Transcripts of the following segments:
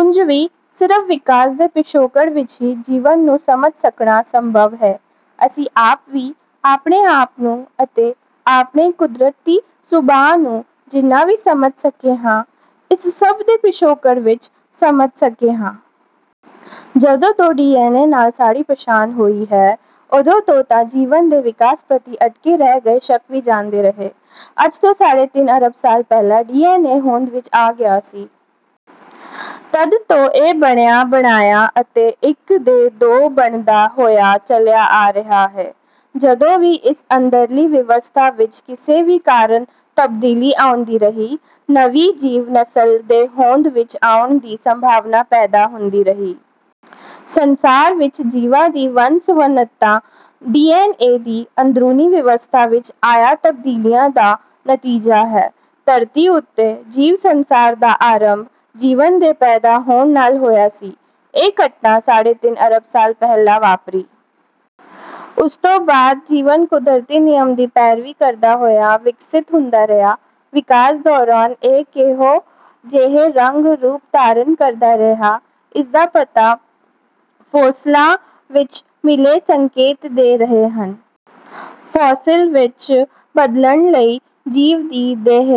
ਉਂਜ ਵੀ, ਸਿਰਫ਼ ਵਿਕਾਸ ਦੇ ਪਿਛੋਕੜ ਵਿੱਚ ਹੀ ਜੀਵਨ ਨੂੰ ਸਮਝ ਸਕਣਾ ਸੰਭਵ ਹੈ। ਅਸੀਂ ਆਪ ਵੀ ਆਪਣੇ ਆਪ ਨੂੰ ਅਤੇ ਆਪਣੇ ਕੁਦਰਤੀ ਸੁਭਾਅ ਨੂੰ ਜਿੰਨਾ ਵੀ ਸਮਝ ਸਕੇ ਹਾਂ, ਇਸ ਸਭ ਦੇ ਪਿਛੋਕੜ ਵਿੱਚ ਸਮਝ ਸਕੇ ਹਾਂ। ਜਦੋਂ ਤੋਂ ਡੀ ਐਨ ਏ ਨਾਲ ਸਾਡੀ ਪਛਾਣ ਹੋਈ ਹੈ, ਉਦੋਂ ਤੋਂ ਤਾਂ ਜੀਵਨ ਦੇ ਵਿਕਾਸ ਪ੍ਰਤੀ ਅਟਕੇ ਰਹਿ ਗਏ ਸ਼ੱਕ ਵੀ ਜਾਂਦੇ ਰਹੇ। ਅੱਜ ਤੋਂ ਸਾਢੇ ਤਿੰਨ ਅਰਬ ਸਾਲ ਪਹਿਲਾਂ ਡੀ ਐਨ ਏ ਹੋਂਦ ਵਿੱਚ ਆ ਗਿਆ ਸੀ। ਤਦ ਤੋਂ ਇਹ ਬਣਿਆ ਬਣਾਇਆ ਅਤੇ ਇੱਕ ਦੇ ਦੋ ਬਣਦਾ ਹੋਇਆ ਚਲਿਆ ਆ ਰਿਹਾ ਹੈ। ਜਦੋਂ ਵੀ ਇਸ ਅੰਦਰਲੀ ਵਿਵਸਥਾ ਵਿੱਚ ਕਿਸੇ ਵੀ ਕਾਰਨ ਤਬਦੀਲੀ ਆਉਂਦੀ ਰਹੀ, ਨਵੀਂ ਜੀਵ ਨਸਲ ਦੇ ਹੋਂਦ ਵਿੱਚ ਆਉਣ ਦੀ ਸੰਭਾਵਨਾ ਪੈਦਾ ਹੁੰਦੀ ਰਹੀ। ਸੰਸਾਰ ਵਿੱਚ ਜੀਵਾਂ ਦੀ ਵੰਨ ਸੁਵੰਨਤਾ ਡੀ ਐਨ ਏ ਦੀ ਅੰਦਰੂਨੀ ਵਿਵਸਥਾ ਵਿੱਚ ਆਈਆਂ ਤਬਦੀਲੀਆਂ ਦਾ ਨਤੀਜਾ ਹੈ। ਧਰਤੀ ਉੱਤੇ ਜੀਵ ਸੰਸਾਰ ਦਾ ਆਰੰਭ ਜੀਵਨ ਦੇ ਪੈਦਾ ਹੋਣ ਨਾਲ ਹੋਇਆ ਸੀ। ਇਹ ਘਟਨਾ ਸਾਢੇ ਤਿੰਨ ਅਰਬ ਸਾਲ ਪਹਿਲਾਂ ਵਾਪਰੀ। ਉਸ ਤੋਂ ਬਾਅਦ ਜੀਵਨ ਕੁਦਰਤੀ ਨਿਯਮ ਦੀ ਪੈਰਵੀ ਕਰਦਾ ਹੋਇਆ ਵਿਕਸਿਤ ਹੁੰਦਾ ਰਿਹਾ। ਵਿਕਾਸ ਦੌਰਾਨ ਇਹ ਕਿਹੋ ਜਿਹੇ ਰੰਗ ਰੂਪ ਧਾਰਨ ਕਰਦਾ ਰਿਹਾ, ਇਸ ਦਾ ਪਤਾ ਫੋਸਿਲਾਂ ਵਿੱਚ ਮਿਲੇ ਸੰਕੇਤ ਦੇ ਰਹੇ ਹਨ। ਫੋਸਿਲ ਵਿੱਚ ਬਦਲਣ ਲਈ ਜੀਵ ਦੀ ਦੇਹ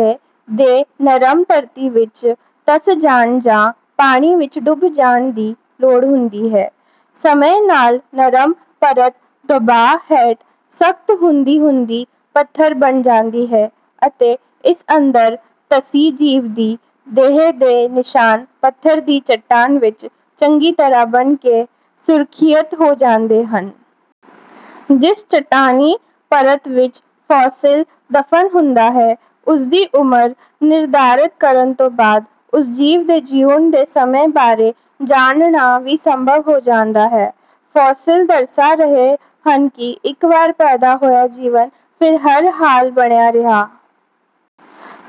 ਦੇ ਨਰਮ ਧਰਤੀ ਵਿੱਚ ਧਸ ਜਾਣ ਜਾਂ ਪਾਣੀ ਵਿੱਚ ਡੁੱਬ ਜਾਣ ਦੀ ਲੋੜ ਹੁੰਦੀ ਹੈ। ਸਮੇਂ ਨਾਲ ਨਰਮ ਪਰਤ ਦਬਾਅ ਹੇਠ ਸਖ਼ਤ ਹੁੰਦੀ ਹੁੰਦੀ ਪੱਥਰ ਬਣ ਜਾਂਦੀ ਹੈ ਅਤੇ ਇਸ ਅੰਦਰ ਧਸੀ ਜੀਵ ਦੀ ਦੇਹ ਦੇ ਨਿਸ਼ਾਨ ਪੱਥਰ ਦੀ ਚੱਟਾਨ ਵਿੱਚ ਚੰਗੀ ਤਰ੍ਹਾਂ ਬਣ ਕੇ ਸੁਰੱਖਿਅਤ ਹੋ ਜਾਂਦੇ ਹਨ। ਜਿਸ ਚੱਟਾਨੀ ਪਰਤ ਵਿੱਚ ਫੋਸਿਲ ਦਫ਼ਨ ਹੁੰਦਾ ਹੈ, ਉਸ ਦੀ ਉਮਰ ਨਿਰਧਾਰਤ ਕਰਨ ਤੋਂ ਬਾਅਦ ਉਸ ਜੀਵ ਦੇ ਜਿਉਣ ਦੇ ਸਮੇਂ ਬਾਰੇ ਜਾਣਨਾ ਵੀ ਸੰਭਵ ਹੋ ਜਾਂਦਾ ਹੈ। ਫੋਸਿਲ ਦਰਸਾ ਰਹੇ ਹਨ ਕਿ ਇੱਕ ਵਾਰ ਪੈਦਾ ਹੋਇਆ ਜੀਵਨ ਫਿਰ ਹਰ ਹਾਲ ਬਣਿਆ ਰਿਹਾ।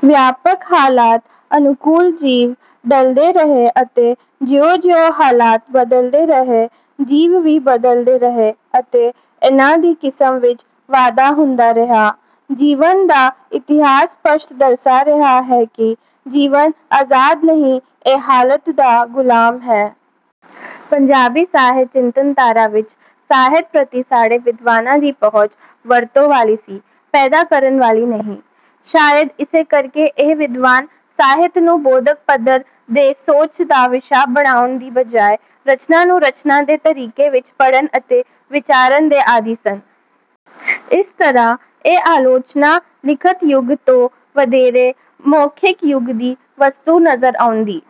ਵਿਆਪਕ ਹਾਲਾਤ ਅਨੁਕੂਲ ਜੀਵ ਢਲਦੇ ਰਹੇ ਅਤੇ ਜਿਉਂ ਜਿਉਂ ਹਾਲਾਤ ਬਦਲਦੇ ਰਹੇ, ਜੀਵ ਵੀ ਬਦਲਦੇ ਰਹੇ ਅਤੇ ਇਨ੍ਹਾਂ ਦੀ ਕਿਸਮ ਵਿੱਚ ਵਾਧਾ ਹੁੰਦਾ ਰਿਹਾ। ਜੀਵਨ ਦਾ ਇਤਿਹਾਸ ਸਪਸ਼ਟ ਦਰਸਾ ਰਿਹਾ ਹੈ ਕਿ ਜੀਵਨ ਆਜ਼ਾਦ ਨਹੀਂ, ਇਹ ਹਾਲਾਤ ਦਾ ਗੁਲਾਮ ਹੈ। ਪੰਜਾਬੀ ਸਾਹਿਤ ਚਿੰਤਨਧਾਰਾ ਵਿੱਚ ਸਾਹਿਤ ਪ੍ਰਤੀ ਸਾਡੇ ਵਿਦਵਾਨਾਂ ਦੀ ਪਹੁੰਚ ਵਰਤੋਂ ਵਾਲੀ ਸੀ, ਪੈਦਾ ਕਰਨ ਵਾਲੀ ਨਹੀਂ। ਸ਼ਾਇਦ ਇਸੇ ਕਰਕੇ ਇਹ ਵਿਦਵਾਨ ਸਾਹਿਤ ਨੂੰ ਬੌਧਿਕ ਪੱਧਰ ਤੇ ਸੋਚ ਦਾ ਵਿਸ਼ਾ ਬਣਾਉਣ ਦੀ ਬਜਾਏ, ਰਚਨਾ ਨੂੰ ਰਚਨਾ ਦੇ ਤਰੀਕੇ ਵਿੱਚ ਪੜ੍ਹਨ ਅਤੇ ਵਿਚਾਰਨ ਦੇ ਆਦੀ ਸਨ। ਇਸ ਤਰ੍ਹਾਂ ਇਹ ਆਲੋਚਨਾ ਲਿਖਤ ਯੁੱਗ ਤੋਂ ਵਧੇਰੇ, ਮੌਖਿਕ ਯੁੱਗ ਦੀ ਵਸਤੂ ਨਜ਼ਰ ਆਉਂਦੀ